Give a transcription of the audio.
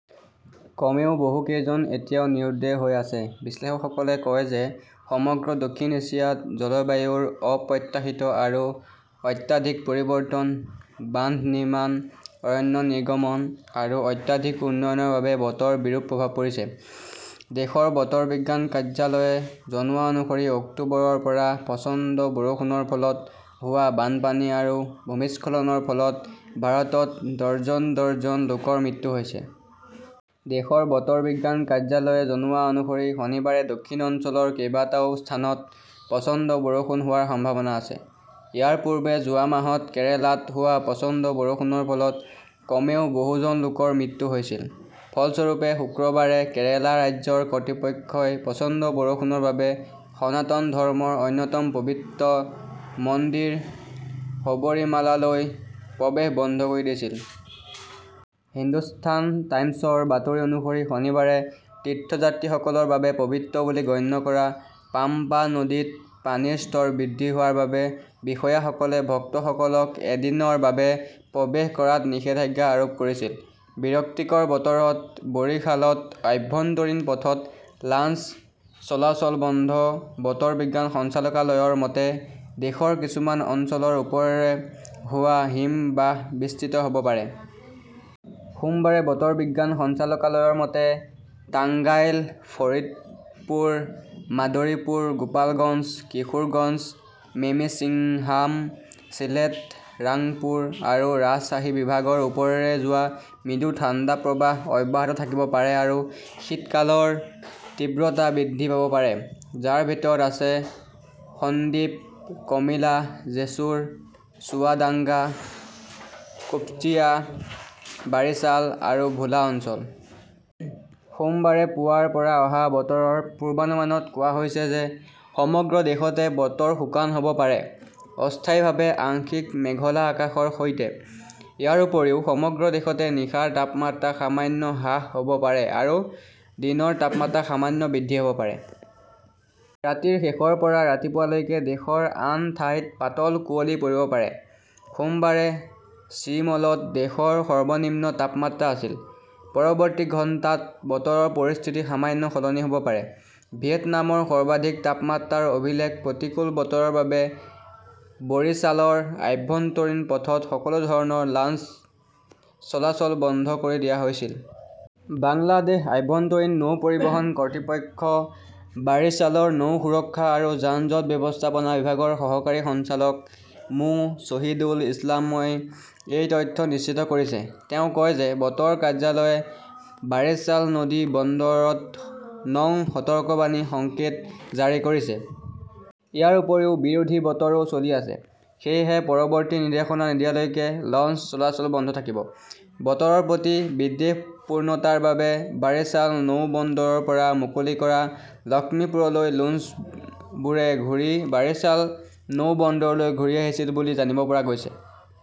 কমেও বহু কেইজন এতিয়াও নিৰুদ্দেশ হৈ আছে। বিশ্লেষকসকলে কয় যে সমগ্ৰ দক্ষিণ এছিয়াত জলবায়ুৰ অপ্ৰত্যাশিত আৰু অত্যাধিক পৰিৱৰ্তন, বান্ধ নিৰ্মাণ, অৰণ্য নিৰ্গমন আৰু অত্যাধিক উন্নয়নৰ বাবে বতৰ বিৰূপ হৈ পৰিছে। দেশৰ বতৰ বিজ্ঞান কাৰ্যালয়ে জনোৱা অনুসৰি অক্টোবৰৰ পৰা প্ৰচণ্ড বৰষুণৰ ফলত হোৱা বানপানী আৰু ভূমিস্খলনৰ ফলত ভাৰতত ডজন ডজন লোকৰ মৃত্যু হৈছে। দেশৰ বতৰ বিজ্ঞান কাৰ্যালয়ে জনোৱা অনুসৰি শনিবাৰে দক্ষিণ অঞ্চলৰ কেইবাটাও স্থানত প্ৰচণ্ড বৰষুণ হোৱাৰ সম্ভাৱনা আছে। ইয়াৰ পূৰ্বে যোৱা মাহত কেৰালাত হোৱা প্ৰচণ্ড বৰষুণৰ ফলত কমেও বহুজন লোকৰ মৃত্যু হৈছিল। ফলস্বৰূপে, শুকুৰবাৰে কেৰালা ৰাজ্যৰ কৰ্তৃপক্ষই প্ৰচণ্ড বৰষুণৰ বাবে সনাতন ধৰ্মৰ অন্যতম পবিত্ৰ মন্দিৰ শবৰীমালালৈ প্ৰৱেশ বন্ধ কৰি দিছিল। হিন্দুস্থান টাইমছৰ বাতৰি অনুসৰি, শনিবাৰে তীৰ্থযাত্ৰীসকলৰ বাবে পবিত্ৰ বুলি গণ্য কৰা পাম্পা নদীত পানীৰ স্তৰ বৃদ্ধি হোৱাৰ বাবে বিষয়াসকলে ভক্তসকলক এদিনৰ বাবে প্ৰৱেশ কৰাত নিষেধাজ্ঞা আৰোপ কৰিছিল। বিৰক্তিকৰ বতৰত বৰিশালত আভ্যন্তৰীণ পথত লঞ্চ চলাচল বন্ধ বতৰ বিজ্ঞান সঞ্চালকালয়ৰ মতে, দেশৰ কিছুমান অঞ্চলৰ ওপৰেৰে হোৱা হিমবাহ বিস্তৃত হ'ব পাৰে। সোমবাৰে বতৰ বিজ্ঞান সঞ্চালকালয়ৰ মতে, টাঙ্গাইল, ফাৰিদপুৰ, মাদৰীপুৰ, গোপালগঞ্জ, কিশোৰগঞ্জ। মেমিন্সিংহাম, ছিলেট, ৰাংপুৰ আৰু ৰাজশ্বাহী বিভাগৰ ওপৰেৰে যোৱা মৃদু ঠাণ্ডাৰ প্ৰৱাহ অব্যাহত থাকিব পাৰে আৰু শীতকালৰ তীব্ৰতা বৃদ্ধি পাব পাৰে, যাৰ ভিতৰত আছে সন্দিপ, কমিলা, জেছুৰ, চুৱাদাঙ্গা, কুশ্তিয়া, বাৰিছাল আৰু ভোলা অঞ্চল। সোমবাৰে পুৱাৰ পৰা অহা বতৰৰ পূৰ্বানুমানত কোৱা হৈছে যে সমগ্ৰ দেশতে বতৰ শুকান হ'ব পাৰে, অস্থায়ীভাৱে আংশিক মেঘলা আকাশৰ সৈতে। ইয়াৰ উপৰিও সমগ্ৰ দেশতে নিশাৰ তাপমাত্ৰা সামান্য হ্ৰাস হ'ব পাৰে আৰু দিনৰ তাপমাত্ৰা সামান্য বৃদ্ধি হ'ব পাৰে। ৰাতিৰ শেষৰ পৰা ৰাতিপুৱালৈকে দেশৰ আন ঠাইত পাতল কুঁৱলী পৰিব পাৰে। সোমবাৰে শ্ৰীমলত দেশৰ সৰ্বনিম্ন তাপমাত্ৰা আছিল। পৰৱৰ্তী ঘণ্টাত বতৰৰ পৰিস্থিতি সামান্য সলনি হ'ব পাৰে। ভিয়েটনামৰ সৰ্বাধিক তাপমাত্ৰাৰ অভিলেখ প্ৰতিকূল বতৰৰ বাবে বাৰিছালৰ আভ্যন্তৰীণ পথত সকলো ধৰণৰ লঞ্চ চলাচল বন্ধ কৰি দিয়া হৈছে। বাংলাদেশ আভ্যন্তৰীণ নৌ পৰিবহণ কৰ্তৃপক্ষ বাৰিছালৰ নৌ সুৰক্ষা আৰু যান-জঁট ব্যৱস্থাপনা বিভাগৰ সহকাৰী সঞ্চালক মো. শ্বহিদুল ইছলামই এই তথ্য নিশ্চিত কৰিছে। তেওঁ কয় যে বতৰ কাৰ্যালয়ে বাৰিছাল নদী বন্দৰত নং সতৰ্কবাণী সংকেত জাৰি কৰিছে। ইয়াৰ উপৰিও বিৰোধী বতৰো চলি আছে। সেয়েহে পৰৱৰ্তী নিৰ্দেশনা নিদিয়ালৈকে লঞ্চ চলাচল বন্ধ থাকিব। বতৰৰ প্ৰতি বিদ্বেষপূৰ্ণতাৰ বাবে বাৰিছাল নৌ বন্দৰৰ পৰা মুকলি কৰা লক্ষ্মীপুৰলৈ লোঞ্চবোৰে ঘূৰি বাৰিছাল নৌ বন্দৰলৈ ঘূৰি আহিছিল বুলি জানিব পৰা গৈছে।